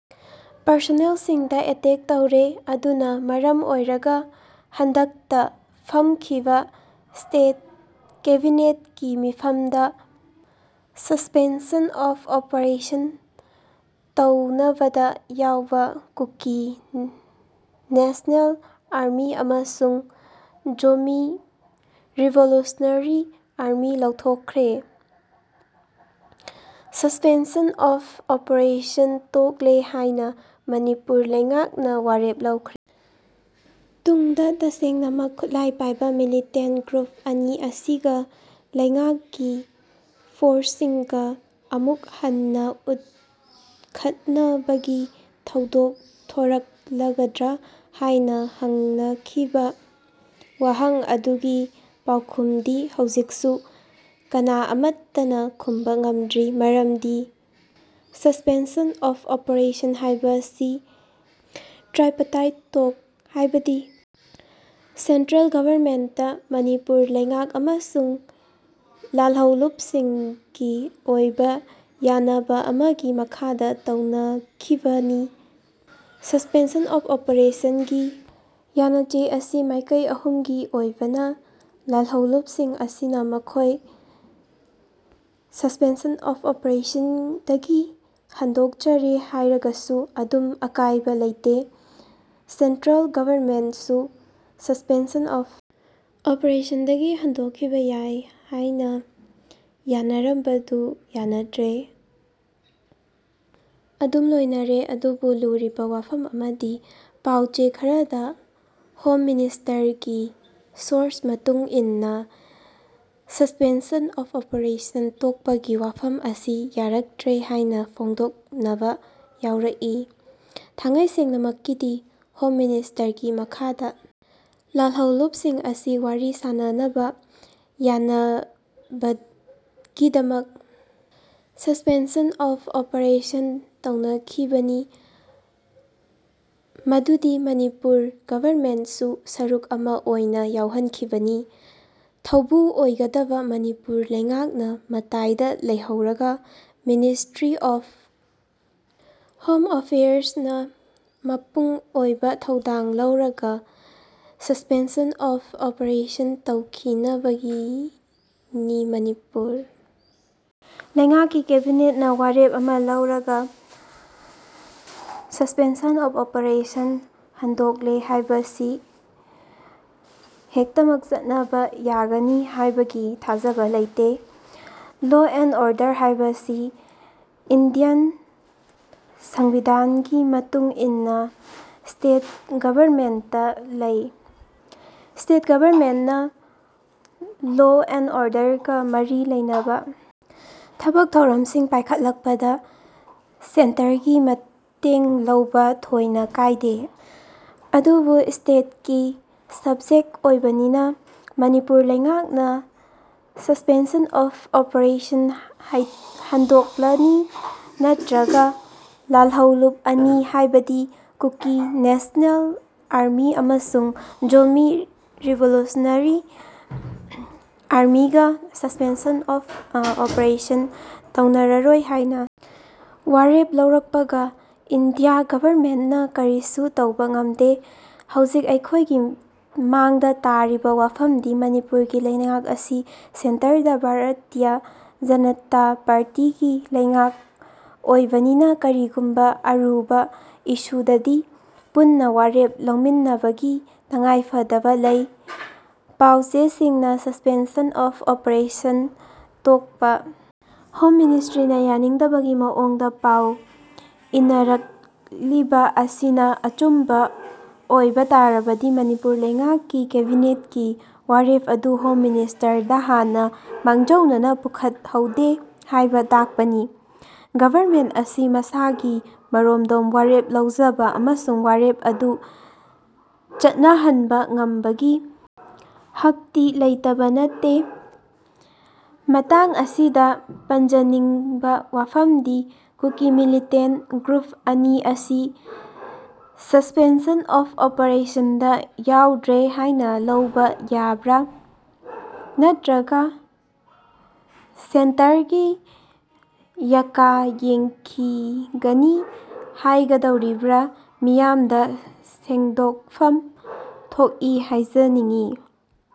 ꯄꯥꯔꯁꯣꯅꯦꯜꯁꯤꯡꯗ attack ꯇꯧꯔꯦ꯫ ꯃꯗꯨꯅ ꯃꯔꯝ ꯑꯣꯏꯔꯒ ꯍꯟꯗꯛꯇ ꯐꯝꯈꯤꯕ ꯁ꯭ꯇꯦꯠ ꯀꯦꯕꯤꯅꯦꯠꯀꯤ ꯃꯤꯐꯝꯗ ꯁꯁ꯭ꯄꯦꯟꯁꯟ ꯑꯣꯐ ꯑꯣꯄꯔꯦꯁꯟ ꯇꯧꯅꯕꯗ ꯌꯥꯎꯕ ꯀꯨꯀꯤ ꯅꯦꯁꯅꯦꯜ ꯑꯥꯔꯃꯤ ꯑꯃꯁꯨꯡ ꯖꯣꯃꯤ ꯔꯤꯚꯣꯂꯨꯁꯟꯅꯦꯔꯤ ꯑꯥꯔꯃꯤ ꯂꯧꯊꯣꯛꯈ꯭ꯔꯦ꯫ ꯁꯁ꯭ꯄꯦꯟꯁꯟ ꯑꯣꯐ ꯑꯣꯄꯔꯦꯁꯟ ꯇꯣꯛꯂꯦ ꯍꯥꯏꯅ ꯃꯅꯤꯄꯨꯔ ꯂꯩꯉꯥꯛꯅ ꯋꯥꯔꯦꯞ ꯂꯧꯈ꯭ꯔ ꯇꯨꯡꯗ ꯇꯁꯦꯡꯅꯃꯛ ꯈꯨꯠꯂꯥꯏ ꯄꯥꯏꯕ ꯃꯤꯂꯤꯇꯦꯟꯠꯇ ꯒ꯭ꯔꯨꯞ ꯑꯅꯤ ꯑꯁꯤꯒ ꯂꯩꯉꯥꯛꯀꯤ ꯐꯣꯔꯁꯁꯤꯡꯒ ꯑꯃꯨꯛ ꯍꯟꯅ ꯎꯪꯈꯠꯅꯕꯒꯤ ꯊꯧꯗꯣꯛ ꯊꯣꯔꯛꯂꯒꯗ꯭ꯔ ꯍꯥꯏꯅ ꯍꯪꯅꯈꯤꯕ ꯋꯥꯍꯪ ꯑꯗꯨꯒꯤ ꯄꯥꯎꯈꯨꯝꯗꯤ ꯍꯧꯖꯤꯛꯁꯨ ꯀꯅꯥ ꯑꯃꯠꯇꯅ ꯈꯨꯝꯕ ꯉꯝꯗ꯭ꯔꯤ꯫ ꯃꯔꯝꯗꯤ ꯁꯁ꯭ꯄꯦꯟꯁꯟ ꯑꯣꯐ ꯑꯣꯄꯔꯦꯁꯟ ꯍꯥꯏꯕꯁꯤ ꯇ꯭ꯔꯥꯏꯄꯇꯥꯏꯠ ꯇꯣꯛ ꯍꯥꯏꯕꯗꯤ ꯁꯦꯟꯇ꯭ꯔꯦꯜ ꯒꯚꯔꯟꯃꯦꯟꯇ, ꯃꯅꯤꯄꯨꯔ ꯂꯩꯉꯥꯛ ꯑꯃꯁꯨꯡ ꯂꯥꯜꯍꯧꯂꯨꯞꯁꯤꯡꯒꯤ ꯑꯣꯏꯕ ꯌꯥꯅꯕ ꯑꯃꯒꯤ ꯃꯈꯥꯗ ꯇꯧꯅꯈꯤꯕꯅꯤ꯫ꯁꯁ꯭ꯄꯦꯟꯁꯟ ꯑꯣꯐ ꯑꯣꯄꯔꯦꯁꯟꯒꯤ ꯌꯥꯅꯆꯦ ꯑꯁꯤ ꯃꯥꯏꯀꯩ ꯑꯍꯨꯝꯒꯤ ꯑꯣꯏꯕꯅ ꯂꯥꯜꯍꯧꯂꯨꯞꯁꯤꯡ ꯑꯁꯤꯅ ꯃꯈꯣꯏ ꯁꯁ꯭ꯄꯦꯟꯁꯟ ꯑꯣꯐ ꯑꯣꯄꯔꯦꯁꯟꯗꯒꯤ ꯍꯟꯗꯣꯛꯆꯔꯦ ꯍꯥꯏꯔꯒꯁꯨ ꯑꯗꯨꯝ ꯑꯀꯥꯏꯕ ꯂꯩꯇꯦ꯫ ꯁꯦꯟꯇ꯭ꯔꯦꯜ ꯒꯚꯔꯟꯃꯦꯟꯠꯁꯨ ꯁꯁ꯭ꯄꯦꯟꯁꯟ ꯑꯣꯐ ꯑꯣꯄꯔꯦꯁꯟꯗꯒꯤ ꯍꯟꯗꯣꯛꯈꯤꯕ ꯌꯥꯏ꯫ ꯍꯥꯏꯅ ꯌꯥꯟꯅꯔꯝꯕꯗꯨ ꯌꯥꯟꯅꯗ꯭ꯔꯦ ꯑꯗꯨꯝ ꯂꯣꯏꯅꯔꯦ꯫ ꯑꯗꯨꯕꯨ ꯂꯨꯔꯤꯕ ꯋꯥꯐꯝ ꯑꯃꯗꯤ ꯄꯥꯎꯆꯦ ꯈꯔꯗ ꯍꯣꯝ ꯃꯤꯅꯤꯁꯇ꯭ꯔꯤꯒꯤ ꯁꯣꯔꯁ ꯃꯇꯨꯡ ꯏꯟꯅ ꯁꯁ꯭ꯄꯦꯟꯁꯟ ꯑꯣꯐ ꯑꯣꯄꯔꯦꯁꯟ ꯇꯣꯛꯄꯒꯤ ꯋꯥꯐꯝ ꯑꯁꯤ ꯌꯥꯔꯛꯇ꯭ꯔꯦ ꯍꯥꯏꯅ ꯐꯣꯡꯗꯣꯛꯅꯕ ꯌꯥꯎꯔꯛꯏ꯫ ꯊꯥꯡꯉꯩꯁꯦꯡꯅꯃꯛꯀꯤꯗꯤ ꯍꯣꯝ ꯃꯤꯅꯤꯁꯇꯔꯒꯤ ꯃꯈꯥꯗ ꯂꯥꯜꯍꯧꯂꯨꯞꯁꯤꯡ ꯑꯁꯤ ꯋꯥꯔꯤ ꯁꯥꯅꯅꯕ ꯌꯥꯅꯕꯒꯤꯗꯃ ꯁꯁ꯭ꯄꯦꯟꯁꯟ ꯑꯣꯐ ꯑꯣꯄꯔꯦꯁꯟ ꯇꯧꯅꯈꯤꯕꯅꯤ꯫ꯃꯗꯨꯗ ꯃꯅꯤꯄꯨꯔ ꯒꯚꯔꯟꯃꯦꯟꯠꯁꯨ ꯁꯔꯨꯛ ꯑꯃ ꯑꯣꯏꯅ ꯌꯥꯎꯍꯟꯈꯤꯕꯅꯤ꯫ ꯊꯧꯕꯨ ꯑꯣꯏꯒꯗꯕ ꯃꯅꯤꯄꯨꯔ ꯂꯩꯉꯥꯛꯅ ꯃꯇꯥꯏꯗ ꯂꯩꯍꯧꯔꯒ ꯃꯤꯅꯤꯁꯇ꯭ꯔꯤ ꯑꯣꯐ ꯍꯣꯝ ꯑꯦꯐꯤꯌꯥꯔꯁꯅ ꯃꯄꯨꯡ ꯑꯣꯏꯕ ꯊꯧꯗꯥꯡ ꯂꯧꯔꯒ ꯁꯁ꯭ꯄꯦꯟꯁꯟ ꯑꯣꯐ ꯑꯣꯄꯔꯦꯁꯟꯇꯧꯈꯤꯅꯕꯒꯤꯅꯤ ꯃꯅꯤꯄꯨꯔ ꯂꯩꯉꯥꯛꯀꯤ ꯀꯦꯕꯤꯅꯦꯠꯅ ꯋꯥꯔꯦꯞ ꯑꯃ ꯂꯧꯔꯒ ꯁꯁ꯭ꯄꯦꯟꯁꯟ ꯑꯣꯐ ꯑꯣꯄꯔꯦꯁꯟ ꯍꯟꯗꯣꯛꯂꯦ ꯍꯥꯏꯕꯁꯤ ꯍꯦꯛꯇꯃꯛ ꯆꯠꯅꯕ ꯌꯥꯒꯅꯤ ꯍꯥꯏꯕꯒꯤ ꯊꯥꯖꯕ ꯂꯩꯇꯦ꯫ ꯂꯣ ꯑꯦꯟꯗ ꯑꯣꯔꯗꯔ ꯍꯥꯏꯕꯁꯤ ꯏꯟꯗꯤꯌꯥꯟ ꯁꯪꯕꯤꯙꯥꯟꯒꯤ ꯃꯇꯨꯡ ꯏꯟꯅ ꯁ꯭ꯇꯦꯠ ꯒꯚꯔꯟꯃꯦꯟꯠꯇ ꯂꯩ꯫ꯁ꯭ꯇꯦꯠ ꯒꯚꯔꯟꯃꯦꯟꯠꯅ ꯂꯣ ꯑꯦꯟꯗ ꯑꯣꯔꯗꯔꯒ ꯃꯔꯤ ꯂꯩꯅꯕ ꯊꯕꯛ ꯊꯧꯔꯝꯁꯤꯡ ꯄꯥꯏꯈꯠꯂꯛꯄꯗ ꯁꯦꯟꯇꯔꯒꯤ ꯃꯇꯦꯡꯂꯧꯕ ꯊꯣꯏꯅ ꯀꯥꯏꯗꯦ꯫ ꯑꯗꯨꯕꯨ ꯁ꯭ꯇꯦꯠꯀꯤ ꯁꯕꯖꯦꯛ ꯑꯣꯏꯕꯅꯤꯅ ꯃꯅꯤꯄꯨꯔ ꯂꯩꯉꯥꯛꯅ ꯁꯁ꯭ꯄꯦꯟꯁꯟ ꯑꯣꯐ ꯑꯣꯄꯔꯦꯁꯟ ꯍꯟꯗꯣꯛꯂꯅꯤ ꯅꯠꯇ꯭ꯔꯒ ꯂꯥꯜꯍꯧꯂꯨꯞ ꯑꯅꯤ ꯍꯥꯏꯕꯗꯤ ꯀꯨꯀꯤ ꯅꯦꯁꯅꯦꯜ ꯑꯥꯔꯃꯤ ꯑꯃꯁꯨꯡ ꯖꯣꯃꯤ ꯔꯤꯚꯣꯂꯨꯁꯟꯅꯦꯔꯤ ꯑꯥꯔꯃꯤꯒ ꯁꯁ꯭ꯄꯦꯟꯁꯟ ꯑꯣꯐ ꯑꯣꯄꯔꯦꯁꯟ ꯇꯧꯅꯔꯔꯣꯏ ꯍꯥꯏꯅ ꯋꯥꯔꯦꯞ ꯂꯧꯔꯛꯄꯒ ꯏꯟꯗꯤꯌꯥ ꯒꯚꯔꯟꯃꯦꯟꯠꯅ ꯀꯔꯤꯁꯨ ꯇꯧꯕ ꯉꯝꯗꯦ꯫ꯍꯧꯖꯤꯛ ꯑꯩꯈꯣꯏꯒꯤ ꯃꯥꯡꯗ ꯇꯥꯔꯤꯕ ꯋꯥꯐꯝꯗꯤ ꯃꯅꯤꯄꯨꯔꯒꯤ ꯂꯩꯉꯥꯛ ꯑꯁꯤ ꯁꯦꯟꯇꯔꯗ ꯚꯥꯔꯠꯇꯤꯌꯥ ꯖꯟꯅꯇꯥ ꯄꯥꯔꯇꯤꯒꯤ ꯂꯩꯉꯥꯛ ꯑꯣꯏꯕꯅꯤꯅ ꯀꯔꯤꯒꯨꯝꯕ ꯑꯔꯨꯕ ꯏꯁꯨꯗꯗꯤ ꯄꯨꯟꯅ ꯋꯥꯔꯦꯞ ꯂꯧꯃꯤꯟꯅꯕꯒꯤ ꯇꯉꯥꯏꯐꯗꯕ ꯂꯩ꯫ ꯄꯥꯎꯆꯦꯁꯤꯡꯅ ꯁꯁ꯭ꯄꯦꯟꯁꯟ ꯑꯣꯐ ꯑꯣꯄꯔꯦꯁꯟ ꯇꯣꯛꯄ ꯍꯣꯝ ꯃꯅꯤꯁꯇ꯭ꯔꯤꯅ ꯌꯥꯅꯤꯡꯗꯕꯒꯤ ꯃꯑꯣꯡꯗ ꯄꯥꯎ ꯏꯅꯔꯛꯂꯤꯕ ꯑꯁꯤꯅ ꯑꯆꯨꯝꯕ ꯑꯣꯏꯕ ꯇꯥꯔꯕꯗꯤ ꯃꯅꯤꯄꯨꯔ ꯂꯩꯉꯥꯛꯀꯤ ꯀꯦꯕꯤꯅꯦꯠꯀꯤ ꯋꯥꯔꯦꯞ ꯑꯗꯨ ꯍꯣꯝ ꯃꯤꯅꯤꯁꯇ꯭ꯔꯤꯗ ꯍꯥꯟꯅ ꯃꯥꯡꯖꯧꯅꯅ ꯄꯨꯈꯠꯍꯧꯗꯦ ꯍꯥꯏꯕ ꯇꯥꯛꯄꯅꯤ꯫ ꯒꯚꯔꯃꯦꯟꯠ ꯑꯁꯤ ꯃꯁꯥꯒꯤ ꯃꯔꯣꯝꯗꯣꯝ ꯋꯥꯔꯦꯞ ꯂꯧꯖꯕ ꯑꯃꯁꯨꯡ ꯋꯥꯔꯦꯞ ꯑꯗꯨ ꯆꯠꯅꯍꯟꯕ ꯉꯝꯕꯒꯤ ꯍꯛꯇꯤ ꯂꯩꯇꯕ ꯅꯠꯇꯦ꯫ ꯃꯇꯥꯡ ꯑꯁꯤꯗ ꯄꯟꯖꯅꯤꯡꯕ ꯋꯥꯐꯝꯗꯤ ꯀꯨꯀꯤ ꯃꯤꯂꯤꯇꯦꯟꯠꯇ ꯒ꯭ꯔꯨꯞ ꯑꯅꯤ ꯑꯁꯤ ꯁꯁ꯭ꯄꯦꯟꯁꯟ ꯑꯣꯐ ꯑꯣꯄꯔꯦꯁꯟꯗ ꯌꯥꯎꯗ꯭ꯔꯦ ꯍꯥꯏꯅ ꯂꯧꯕ ꯌꯥꯔꯕ꯭ꯔꯥ ꯅꯠꯇ꯭ꯔꯒ ꯁꯦꯟꯇꯔꯒꯤ ꯌꯥꯀꯥ ꯌꯦꯡꯈꯤꯒꯅꯤ ꯍꯥꯏꯒꯗꯧꯔꯤꯕ꯭ꯔꯥ ꯃꯤꯌꯥꯝꯗ ꯁꯦꯡꯗꯣꯛꯐꯝ ꯊꯣꯛꯏ ꯍꯥꯏꯖꯅꯤꯡꯉꯤ꯫